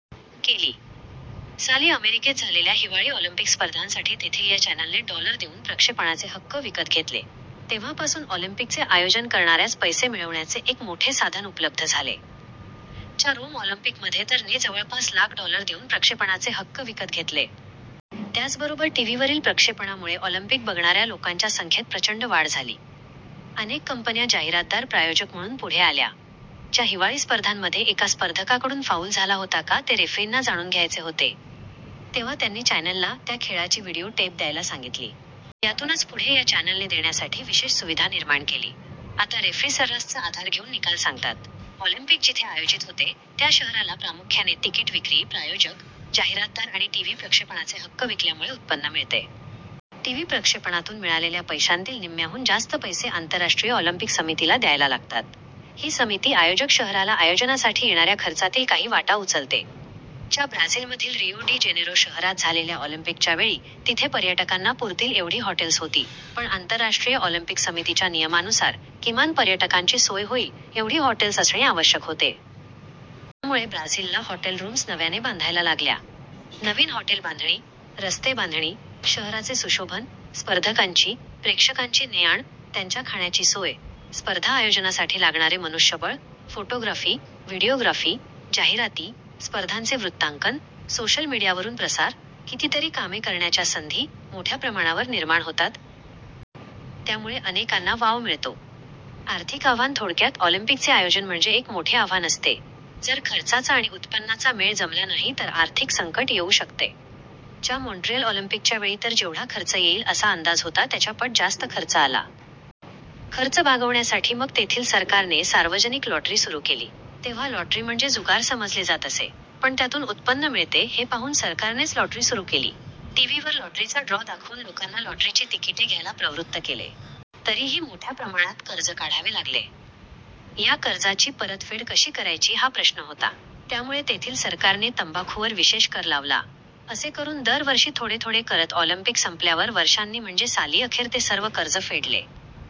केली. साली अमेरिकेत झालेल्या हिवाळी ऑलिम्पिक स्पर्धांसाठी तेथील या चॅनलने डॉलर देऊन प्रक्षेपणाचे हक्क विकत घेतले. तेव्हापासून ऑलिम्पिकचे आयोजन करणाऱ्यास पैसे मिळवण्याचे एक मोठे साधन उपलब्ध झाले. च्या रोम ऑलिम्पिकमध्ये तर ने जवळपास लाख डॉलर देऊन प्रक्षेपणाचे हक्क विकत घेतले. त्याचबरोबर टीव्हीवरील प्रक्षेपणामुळे ऑलिम्पिक बघणाऱ्या लोकांच्या संख्येत प्रचंड वाढ झाली. अनेक कंपन्या जाहिरातदार/प्रायोजक म्हणून पुढे आल्या. च्या हिवाळी स्पर्धांमध्ये एका स्पर्धकाकडून फाऊल झाला होता का, ते रेफ्रींना जाणून घ्यायचे होते. तेव्हा त्यांनी चॅनलला त्या खेळाची व्हिडिओ टेप द्यायला सांगितली. यातूनच पुढे या चॅनलने देण्यासाठी विशेष सुविधा निर्माण केली. आता रेफ्री सर्रास चा आधार घेऊन निकाल सांगतात. ऑलिम्पिक जिथे आयोजित होते त्या शहराला प्रामुख्याने तिकीट विक्री, प्रायोजक, जाहिरातदार आणि टीव्ही प्रक्षेपणाचे हक्क विकल्यामुळे उत्पन्न मिळते. टीव्ही प्रक्षेपणातून मिळालेल्या पैशांतील निम्म्याहून जास्त पैसे आंतरराष्ट्रीय ऑलिम्पिक समितीला द्यायला लागतात. ही समिती, आयोजक शहराला आयोजनासाठी येणाऱ्या खर्चातील काही वाटा उचलते. च्या ब्राझीलमधील रियो डी जेनेरो शहरात झालेल्या ऑलिम्पिकच्या वेळी तिथे पर्यटकांना पुरतील एवढी हॉटेल्स होती, पण आंतरराष्ट्रीय ऑलिम्पिक समितीच्या नियमानुसार किमान पर्यटकांची सोय होईल एवढी हॉटेल्स असणे आवश्यक होते. त्यामुळे ब्राझीलला हॉटेल रूम्स नव्याने बांधायला लागल्या. नवीन हॉटेल बांधणी, रस्ते बांधणी, शहराचे सुशोभन, स्पर्धकांची, प्रेक्षकांची ने-आण, त्यांच्या खाण्याची सोय, स्पर्धा आयोजनासाठी लागणारे मनुष्यबळ, फोटोग्राफी, व्हिडिओग्राफी, जाहिराती, स्पर्धांचे वृत्तांकन, सोशल मीडियावरून प्रसार... कितीतरी कामे करण्याच्या संधी मोठ्या प्रमाणावर निर्माण होतात. त्यामुळे अनेकांना वाव मिळतो. आर्थिक आव्हान थोडक्यात, ऑलिम्पिकचे आयोजन म्हणजे एक मोठे आव्हान असते. जर खर्चाचा आणि उत्पन्नाचा मेळ जमला नाही तर आर्थिक संकट येऊ शकते. च्या मॉन्ट्रियल ऑलिम्पिकच्या वेळी तर जेवढा खर्च येईल असा अंदाज होता, त्याच्या पट जास्त खर्च आला. खर्च भागवण्यासाठी मग तेथील सरकारने सार्वजनिक लॉटरी सुरू केली. तेव्हा लॉटरी म्हणजे जुगार समजले जात असे, पण त्यातून उत्पन्न मिळते हे पाहून सरकारनेच लॉटरी सुरू केली. टीव्हीवर लॉटरीचा ड्रॉ दाखवून लोकांना लॉटरीची तिकिटे घ्यायला प्रवृत्त केले. तरीही मोठ्या प्रमाणात कर्ज काढावे लागले. या कर्जाची परतफेड कशी करायची हा प्रश्न होता. त्यामुळे तेथील सरकारने तंबाखूवर विशेष कर लावला. असे करून दर वर्षी थोडे-थोडे करत ऑलिम्पिक संपल्यावर वर्षांनी म्हणजे साली अखेर ते सर्व कर्ज फेडले.